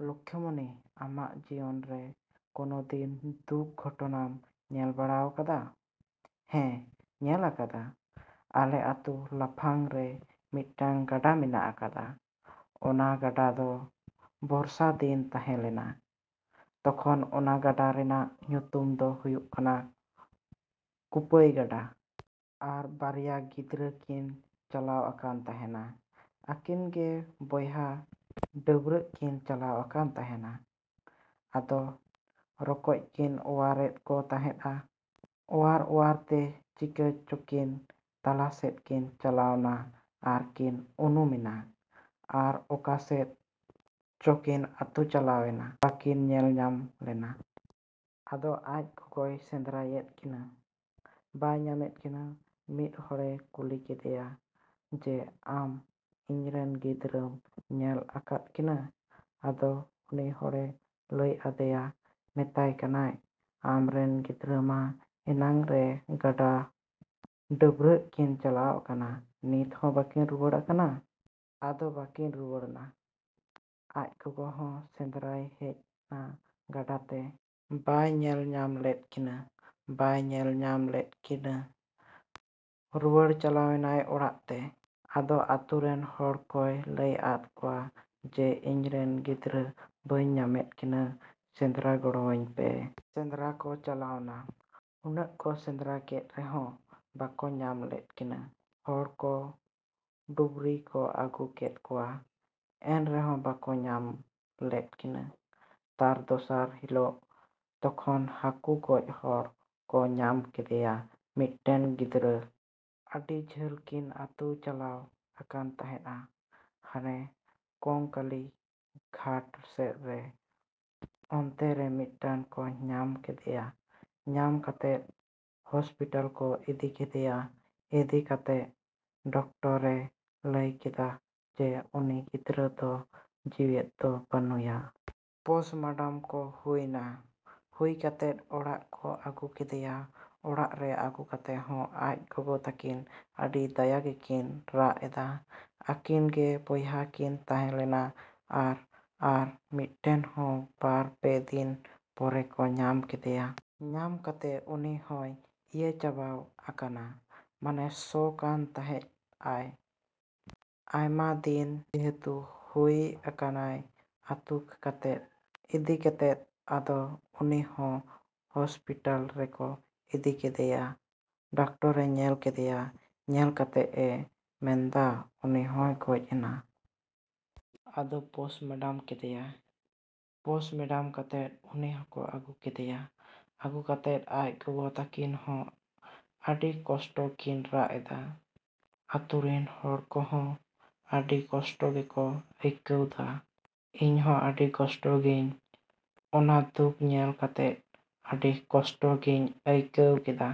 ᱞᱚᱠᱷᱤᱢᱚᱱᱤ, ᱟᱢᱟᱜ ᱡᱤᱭᱚᱱ ᱨᱮ ᱠᱚᱱᱚ ᱫᱤᱱ ᱫᱩᱠ ᱜᱷᱚᱴᱚᱱᱟᱢ ᱧᱮᱞ ᱵᱟᱲᱟᱣ ᱟᱠᱟᱫᱟ? ᱦᱮᱸ, ᱧᱮᱞ ᱟᱠᱟᱫᱟ᱾ ᱟᱞᱮ ᱟᱛᱩ ᱞᱟᱯᱷᱟᱝ ᱨᱮ ᱢᱤᱫᱴᱮᱱ ᱜᱟᱰᱟ ᱢᱮᱱᱟᱜ ᱟᱠᱟᱫᱟ᱾ ᱚᱱᱟ ᱜᱟᱰᱟ ᱫᱚ ᱵᱚᱨᱥᱟᱫᱤᱱ ᱛᱟᱦᱮᱸ ᱞᱮᱱᱟ᱾ ᱛᱚᱠᱷᱚᱱ ᱚᱱᱟ ᱜᱟᱰᱟ ᱨᱮᱭᱟᱜ ᱧᱩᱛᱩᱢ ᱫᱚ ᱦᱩᱭᱩᱜ ᱠᱟᱱᱟ ᱠᱩᱯᱟᱹᱭ ᱜᱟᱰᱟ᱾ ᱟᱨ ᱵᱟᱨᱭᱟ ᱜᱤᱫᱽᱨᱟᱹᱠᱤᱱ ᱪᱟᱞᱟᱣ ᱟᱠᱟᱱ ᱛᱟᱸᱦᱮᱱᱟ᱾ ᱟᱹᱠᱤᱱ ᱜᱮ ᱵᱚᱭᱦᱟ ᱰᱟᱹᱵᱨᱟᱹᱜ ᱠᱤᱱ ᱪᱟᱞᱟᱣ ᱟᱠᱟᱱ ᱛᱟᱸᱦᱮᱫ ᱟ᱾ ᱟᱫᱚ ᱨᱚᱠᱚᱡ ᱠᱤᱱ ᱚᱣᱟᱨᱮᱫ ᱠᱚ ᱛᱟᱦᱮᱸᱫ ᱟ᱾ ᱚᱣᱟᱨᱼᱚᱣᱟᱨᱛᱮ ᱪᱮᱠᱟ ᱪᱚᱠᱤᱱ ᱛᱟᱞᱟᱥᱮᱫ ᱠᱤᱱ ᱪᱟᱞᱟᱣᱱᱟ ᱟᱨᱠᱤᱱ ᱩᱱᱩᱢᱮᱱᱟ᱾ ᱟᱨ ᱚᱠᱟᱥᱮᱫ ᱪᱚᱠᱤᱱ ᱟᱹᱛᱩ ᱪᱟᱞᱟᱣᱮᱱᱟ, ᱵᱟᱹᱠᱤᱱ ᱧᱮᱞᱧᱟᱢ ᱞᱮᱱᱟ᱾ ᱟᱫᱚ ᱟᱡ ᱜᱚᱜᱚᱭ ᱥᱮᱸᱫᱽᱨᱟᱭᱮᱫ ᱠᱤᱱᱟ, ᱵᱟᱭ ᱧᱟᱢᱮᱫ ᱠᱤᱱᱟ᱾ ᱢᱤᱫ ᱦᱚᱲᱮ ᱠᱩᱞᱤ ᱠᱮᱫᱮᱭᱟ ᱡᱮ ᱟᱢ ᱤᱧᱨᱮᱱ ᱜᱤᱫᱽᱨᱟᱹᱢ ᱧᱮᱞ ᱟᱠᱟᱫ ᱠᱤᱱᱟ? ᱟᱫᱚ ᱩᱱᱤ ᱦᱚᱲᱮ ᱞᱟᱹᱭ ᱟᱫᱮᱭᱟ, ᱢᱮᱛᱟᱭ ᱠᱟᱱᱟᱭ, "ᱟᱢᱨᱮᱱ ᱜᱤᱫᱽᱨᱟᱹ ᱢᱟ ᱮᱱᱟᱱ ᱨᱮ ᱜᱟᱰᱟ ᱰᱟᱹᱵᱨᱟᱹᱜ ᱠᱤᱱ ᱪᱟᱞᱟᱣ ᱟᱠᱟᱱᱟ, ᱱᱤᱛ ᱦᱚᱸ ᱵᱟᱹᱠᱤᱱ ᱨᱩᱣᱟᱹᱲ ᱟᱠᱟᱱᱟ᱾" ᱟᱫᱚ ᱵᱟᱹᱠᱤᱱ ᱨᱩᱣᱟᱹᱲ ᱱᱟ᱾ ᱟᱡ ᱜᱚᱜᱚ ᱦᱚᱸ ᱥᱮᱸᱫᱽᱨᱟᱭ ᱦᱮᱡ ᱱᱟ ᱜᱟᱰᱟ ᱛᱮ᱾ ᱵᱟᱭ ᱧᱮᱞ ᱧᱟᱢ ᱞᱮᱫ ᱠᱤᱱᱟ, ᱵᱟᱭ ᱧᱮᱞ ᱧᱟᱢ ᱞᱮᱫ ᱠᱤᱱᱟ᱾ ᱨᱩᱣᱟᱹᱲ ᱪᱟᱞᱟᱣᱮᱱᱟᱭ ᱚᱲᱟᱜ ᱛᱮ᱾ ᱟᱫᱚ ᱟᱹᱛᱩᱨᱮᱱ ᱦᱚᱲ ᱠᱚᱭ ᱞᱟᱹᱭ ᱟᱫ ᱠᱚᱣᱟ ᱡᱮ ᱤᱧᱨᱮᱱ ᱜᱤᱫᱽᱨᱟᱹ ᱵᱟᱹᱧ ᱧᱟᱢᱮᱫ ᱠᱤᱱᱟ, ᱥᱮᱸᱫᱽᱨᱟ ᱜᱚᱲᱚᱣᱟᱹᱧ ᱯᱮ᱾ ᱥᱮᱸᱫᱽᱨᱟ ᱠᱚ ᱪᱟᱞᱟᱣ ᱱᱟ᱾ ᱩᱱᱟᱹᱜ ᱠᱚ ᱥᱮᱸᱫᱽᱨᱟ ᱠᱮᱫ ᱨᱮᱦᱚᱸ ᱵᱟᱠᱚ ᱧᱟᱢ ᱞᱮᱫ ᱠᱤᱱᱟ᱾ ᱦᱚᱲ ᱠᱚ ᱰᱩᱵᱩᱨᱤ ᱠᱚ ᱟᱹᱜᱩ ᱠᱮᱫ ᱠᱚᱣᱟ, ᱮᱱᱨᱮᱦᱚᱸ ᱵᱟᱠᱚ ᱧᱟᱢ ᱞᱮᱫ ᱠᱤᱱᱟ᱾ ᱛᱟᱨ ᱫᱚᱥᱟᱨ ᱦᱤᱞᱟᱹᱜ ᱛᱚᱠᱷᱚᱱ ᱦᱟᱠᱩ ᱜᱚᱡ ᱦᱚᱲ ᱠᱚ ᱧᱟᱢ ᱠᱮᱫᱮᱭᱟ ᱢᱤᱫᱴᱮᱱ ᱜᱤᱫᱽᱨᱟᱹ᱾ ᱟᱹᱰᱤ ᱡᱷᱟᱹᱞ ᱠᱤᱱ ᱟᱹᱛᱩ ᱪᱟᱞᱟᱣ ᱟᱠᱟᱱ ᱛᱟᱦᱮᱸᱫ ᱟ᱾ ᱦᱟᱱᱮ ᱠᱚᱝᱠᱟᱹᱞᱤ ᱜᱷᱟᱴ ᱥᱮᱫ ᱨᱮ ᱚᱱᱛᱮᱨᱮ ᱢᱤᱫᱴᱮᱱ ᱠᱚ ᱧᱟᱢ ᱠᱮᱫᱮᱭᱟ᱾ ᱧᱟᱢ ᱠᱮᱛᱮᱜ ᱦᱚᱥᱯᱤᱴᱟᱞ ᱠᱚ ᱤᱫᱤ ᱠᱮᱫᱮᱭᱟ᱾ ᱤᱫᱤ ᱠᱮᱛᱮᱜ ᱰᱟᱠᱴᱚᱨᱮ ᱞᱟᱹᱭ ᱠᱮᱫᱟ ᱡᱮ ᱩᱱᱤ ᱜᱤᱫᱽᱨᱟᱹ ᱫᱚ ᱡᱤᱣᱟᱹᱫ ᱫᱚ ᱵᱟᱹᱱᱩᱭᱟ᱾ ᱯᱚᱥᱢᱟᱰᱟᱢ ᱠᱚ ᱦᱩᱭ ᱱᱟ᱾ ᱦᱩᱭ ᱠᱟᱛᱮᱜ ᱚᱲᱟᱜ ᱠᱚ ᱟᱹᱜᱩ ᱠᱮᱫᱮᱭᱟ᱾ ᱚᱲᱟᱜ ᱨᱮ ᱟᱹᱜᱩ ᱠᱟᱛᱮᱫ ᱦᱚᱸ ᱟᱡ ᱜᱚᱜᱚ ᱛᱟᱹᱠᱤᱱ ᱟᱹᱰᱤ ᱫᱟᱭᱟ ᱜᱮᱠᱤᱱ ᱨᱟᱜ ᱮᱫᱟ᱾ ᱟᱹᱠᱤᱱ ᱜᱮ ᱵᱚᱭᱦᱟ ᱠᱤᱱ ᱛᱟᱦᱮᱸ ᱞᱮᱱᱟ᱾ ᱟᱨ ᱟᱨ ᱢᱤᱫᱴᱮᱱ ᱦᱚᱸ ᱵᱟᱨ ᱯᱮ ᱫᱤᱱ ᱯᱚᱨᱮ ᱠᱚ ᱧᱟᱢ ᱠᱮᱫᱮᱭᱟ᱾ ᱧᱟᱢ ᱠᱮᱛᱮᱫ ᱩᱱᱤ ᱦᱚᱸᱭ ᱤᱭᱟᱹ ᱪᱟᱵᱟᱣ ᱟᱠᱟᱱᱟ, ᱢᱟᱱᱮ ᱥᱚ ᱠᱟᱱ ᱛᱟᱦᱮᱸᱡ ᱟᱭ᱾ ᱟᱭᱢᱟ ᱫᱤᱱ ᱡᱮᱦᱮᱛᱩ ᱦᱩᱭ ᱟᱠᱟᱱᱟᱭ ᱟᱹᱛᱩ ᱠᱟᱛᱮᱫ᱾ ᱤᱫᱤ ᱠᱮᱛᱮᱫ ᱟᱫᱚ ᱩᱱᱤ ᱦᱚᱸ ᱦᱚᱥᱯᱤᱴᱟᱞ ᱨᱮᱠᱚ ᱤᱫᱤ ᱠᱮᱫᱮᱭᱟ᱾ ᱰᱟᱠᱴᱚᱨᱮ ᱧᱮᱞ ᱠᱮᱫᱮᱭᱟ᱾ ᱧᱮᱞ ᱠᱮᱛᱮᱜ ᱮ ᱢᱮᱱᱫᱟ ᱩᱱᱤ ᱦᱚᱸᱭ ᱜᱚᱡ ᱱᱟ᱾ ᱟᱫᱚ ᱯᱚᱥᱢᱟᱰᱟᱢ ᱠᱮᱫᱮᱭᱟ᱾ ᱯᱚᱥᱢᱟᱰᱟᱢ ᱠᱟᱛᱮᱫ ᱩᱱᱤ ᱦᱚᱠᱚ ᱟᱹᱜᱩ ᱠᱮᱫᱮᱭᱟ᱾ ᱟᱹᱜᱩ ᱠᱮᱛᱮᱫ ᱟᱡ ᱜᱚᱜᱚ ᱛᱟᱹᱠᱤᱱ ᱦᱚᱸ ᱟᱹᱰᱤ ᱠᱚᱥᱴᱚ ᱠᱤᱱ ᱨᱟᱜ ᱮᱫᱟ᱾ ᱟᱹᱛᱩᱨᱮᱱ ᱦᱚᱲ ᱠᱚ ᱦᱚᱸ ᱟᱹᱰᱤ ᱠᱚᱥᱴᱚ ᱜᱮᱠᱚ ᱟᱹᱭᱠᱟᱹᱣ ᱫᱟ᱾ ᱤᱧ ᱦᱚᱸ ᱟᱹᱰᱤ ᱠᱚᱥᱴᱚ ᱜᱤᱧ ᱚᱱᱟ ᱫᱩᱠ ᱧᱮᱞ ᱠᱟᱛᱮᱜ ᱟᱹᱰᱤ ᱠᱚᱥᱴᱚ ᱜᱤᱧ ᱟᱹᱭᱠᱟᱹᱣ ᱠᱮᱫᱟ᱾